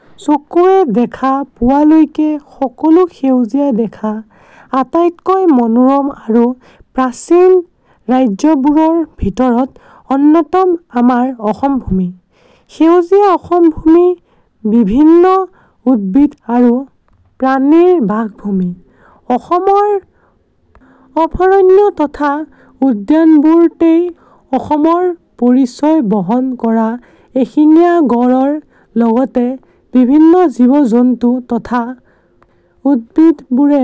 : চকুৱে দেখা পোৱালৈকে সকলো সেউজীয়া দেখা আটাইতকৈ মনোৰম আৰু প্ৰাচীন ৰাজ্যবোৰৰ ভিতৰত অন্যতম আমাৰ অসমভূমি। সেউজীয়া অসমভূমি বিভিন্ন উদ্ভিদ আৰু প্ৰাণীৰ বাসভূমি। অসমৰ অভয়াৰণ্য তথা উদ্যানবোৰতেই অসমৰ পৰিচয় বহন কৰা এশিঙীয়া গঁড়ৰ লগতে বিভিন্ন জীৱ-জন্তু তথা উদ্ভিদবোৰে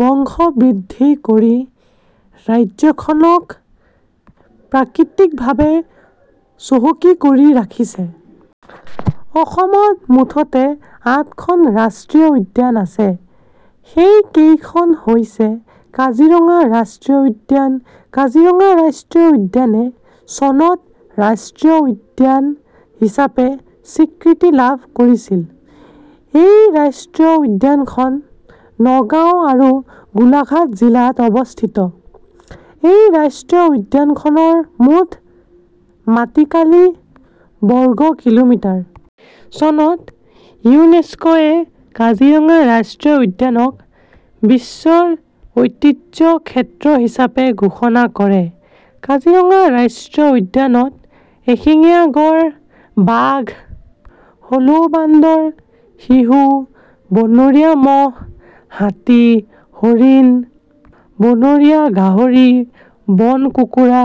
বংশ বৃদ্ধি কৰি ৰাজ্যখনক প্ৰাকৃতিকভাৱে চহকী কৰি ৰাখিছে। অসমত মুঠতে আঠখন ৰাষ্ট্ৰীয় উদ্যান আছে। সেই কেইখন হৈছে- কাজিৰঙা ৰাষ্ট্ৰীয় উদ্যান কাজিৰঙা ৰাষ্ট্ৰীয় উদ্যানে চনত ৰাষ্ট্ৰীয় উদ্যান হিচাপে স্বীকৃতি লাভ কৰিছিল। এই উদ্যানখন নগাঁও আৰু গোলাঘাট জিলাত অৱস্থিত। এই ৰাষ্ট্ৰীয় উদ্যানখনৰ মুঠ মাটিকালি বৰ্গ কিলোমিটাৰ। চনত ইউনেস্ক'য়ে কাজিৰঙা ৰাষ্ট্ৰীয় উদ্যানক বিশ্ব ঐতিহ্য ক্ষেত্ৰ হিচাপে ঘোষণা কৰে। কাজিৰঙা ৰাষ্ট্ৰীয় উদ্যানত এশিঙীয়া গড়, বাঘ, হলৌ বান্দৰ, শিহু, বনৰীয়া মহ, হাতী, হৰিণ, বনৰীয়া গাহৰি, বন কুকুৰা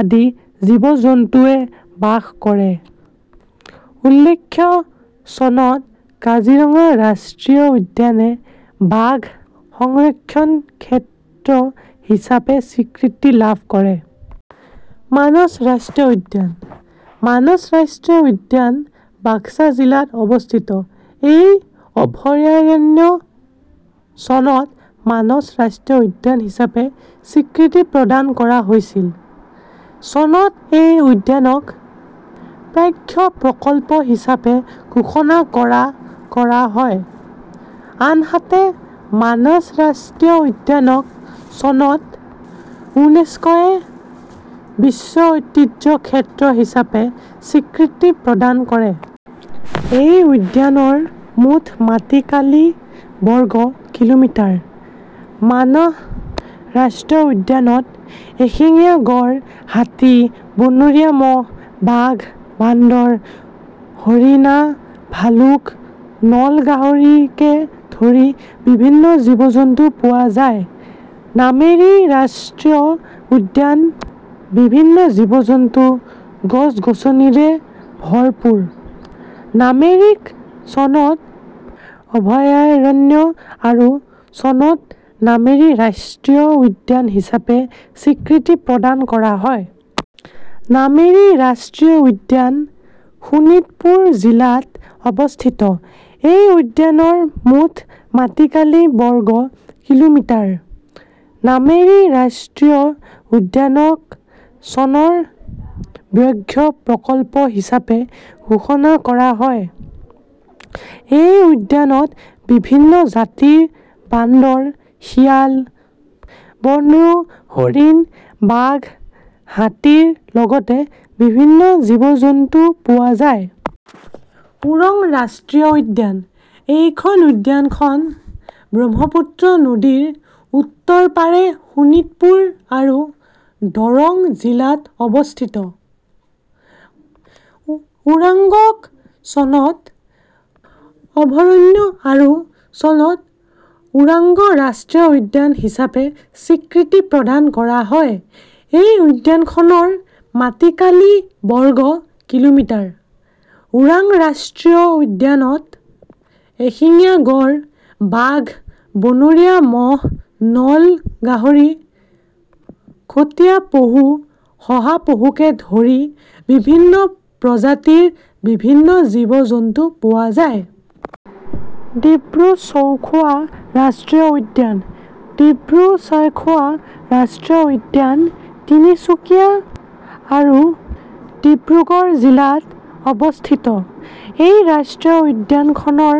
আদি জীৱ-জন্তৱে বাস কৰে। উল্লেখ্য, চনত কাজিৰঙা ৰাষ্ট্ৰীয় উদ্যানে বাঘ সংৰক্ষণ ক্ষেত্ৰ হিচাপে স্বীকৃতি লাভ কৰে। মানস ৰাষ্ট্ৰীয় উদ্যান মানস ৰাষ্ট্ৰীয় উদ্যান বাক্সা জিলাত অৱস্থিত। এই অভয়াৰণ্যক চনত মানস ৰাষ্ট্ৰীয় উদ্যান হিচাপে স্বীকৃতি প্ৰদান কৰা হৈছিল। চনত এই উদ্যানক ব্যাঘ্ৰ প্ৰকল্প হিচাপে ঘোষণা কৰা কৰা হয়। আনহাতে, মানস ৰাষ্ট্ৰীয় উদ্যানক চনত ইউনেস্ক'য়ে বিশ্ব ঐতিহ্য ক্ষেত্ৰ হিচাপে স্বীকৃতি প্ৰদান কৰে। এই উদ্যানৰ মুঠ মাটিকালি বৰ্গ কিলোমিটাৰ। মানহ ৰাষ্ট্ৰীয় উদ্যানত এশিঙীয়া গড়, হাতী, বনৰীয়া মহ, বাঘ, বান্দৰ, হৰিণা, ভালুক, নল গাহৰিকে ধৰি বিভিন্ন জীৱ-জন্তু পোৱা যায়। নামেৰী ৰাষ্ট্ৰীয় উদ্যান বিভিন্ন জীৱ-জন্তু, গছ-গছনিৰে ভৰপুৰ নামেৰীক চনত অভয়াৰণ্য আৰু চনত নামেৰী ৰাষ্ট্ৰীয় উদ্যান হিচাপে স্বীকৃতি প্ৰদান কৰা হয়। নামেৰী ৰাষ্ট্ৰীয় উদ্যান শোণিতপুৰ জিলাত অৱস্থিত। এই উদ্যানৰ মুঠ মাটিকালি বৰ্গ কিলোমিটাৰ। নামেৰী ৰাষ্ট্ৰীয় উদ্যানক চনত ব্যাঘ্ৰ প্ৰকল্প হিচাপে ঘোষণা কৰা হয়। এই উদ্যানত বিভিন্ন জাতিৰ বান্দৰ, শিয়াল, বনৰৌ, হৰিণ, বাঘ, হাতীৰ লগতে বিভিন্ন জীৱ-জন্তু পোৱা যায়। ওৰাং ৰাষ্ট্ৰীয় উদ্যান এইখন উদ্যানখন ব্ৰহ্মপুত্ৰ নদীৰ উত্তৰপাৰে শোণিতপুৰ আৰু দৰং জিলাত অৱস্থিত। ওৰাঙক চনত অভয়াৰণ্য আৰু চনত ওৰাং ৰাষ্ট্ৰীয় উদ্যান হিচাপে স্বীকৃতি প্ৰদান কৰা হয়। এই উদ্যানখনৰ মাটিকালি বৰ্গ কিলোমিটাৰ। ওৰাং ৰাষ্ট্ৰীয় উদ্যানত এশিঙীয়া গড়, বাঘ, বনৰীয়া মহ, নল গাহৰি, খটিয়া পহু, শহা পহুকে ধৰি বিভিন্ন প্ৰজাতিৰ বিভিন্ন জীৱ-জন্তু পোৱা যায়। ডিব্ৰু-ছৈখোৱা ৰাষ্ট্ৰীয় উদ্যান ডিব্ৰু-ছৈখোৱা ৰাষ্ট্ৰীয় উদ্যান তিনিচুকীয়া আৰু ডিব্ৰুগড় জিলাত অৱস্থিত। এই ৰাষ্ট্ৰীয় উদ্যানখনৰ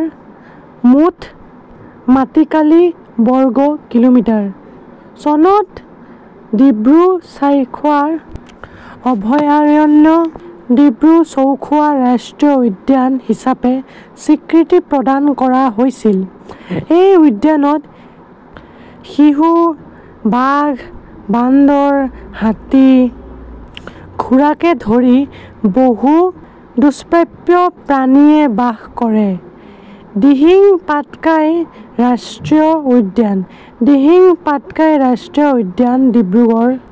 মুঠ মাটিকালি বৰ্গ কিলোমিটাৰ। চনত ডিব্ৰু-ছৈখোৱা অভয়াৰণ্যক ডিব্ৰু-ছৈখোৱা ৰাষ্ট্ৰীয় উদ্যান হিচাপে স্বীকৃতি প্ৰদান কৰা হৈছিল। এই উদ্যানত শিহু, বাঘ, বান্দৰ, হাতী, ঘোঁৰাকে ধৰি বহু দুস্প্ৰাপ্য প্ৰাণীয়ে বাস কৰে। দিহিং পাটকাই ৰাষ্ট্ৰীয় উদ্যান দিহিং পাটকাই ৰাষ্ট্ৰীয় উদ্যান ডিব্ৰুগড়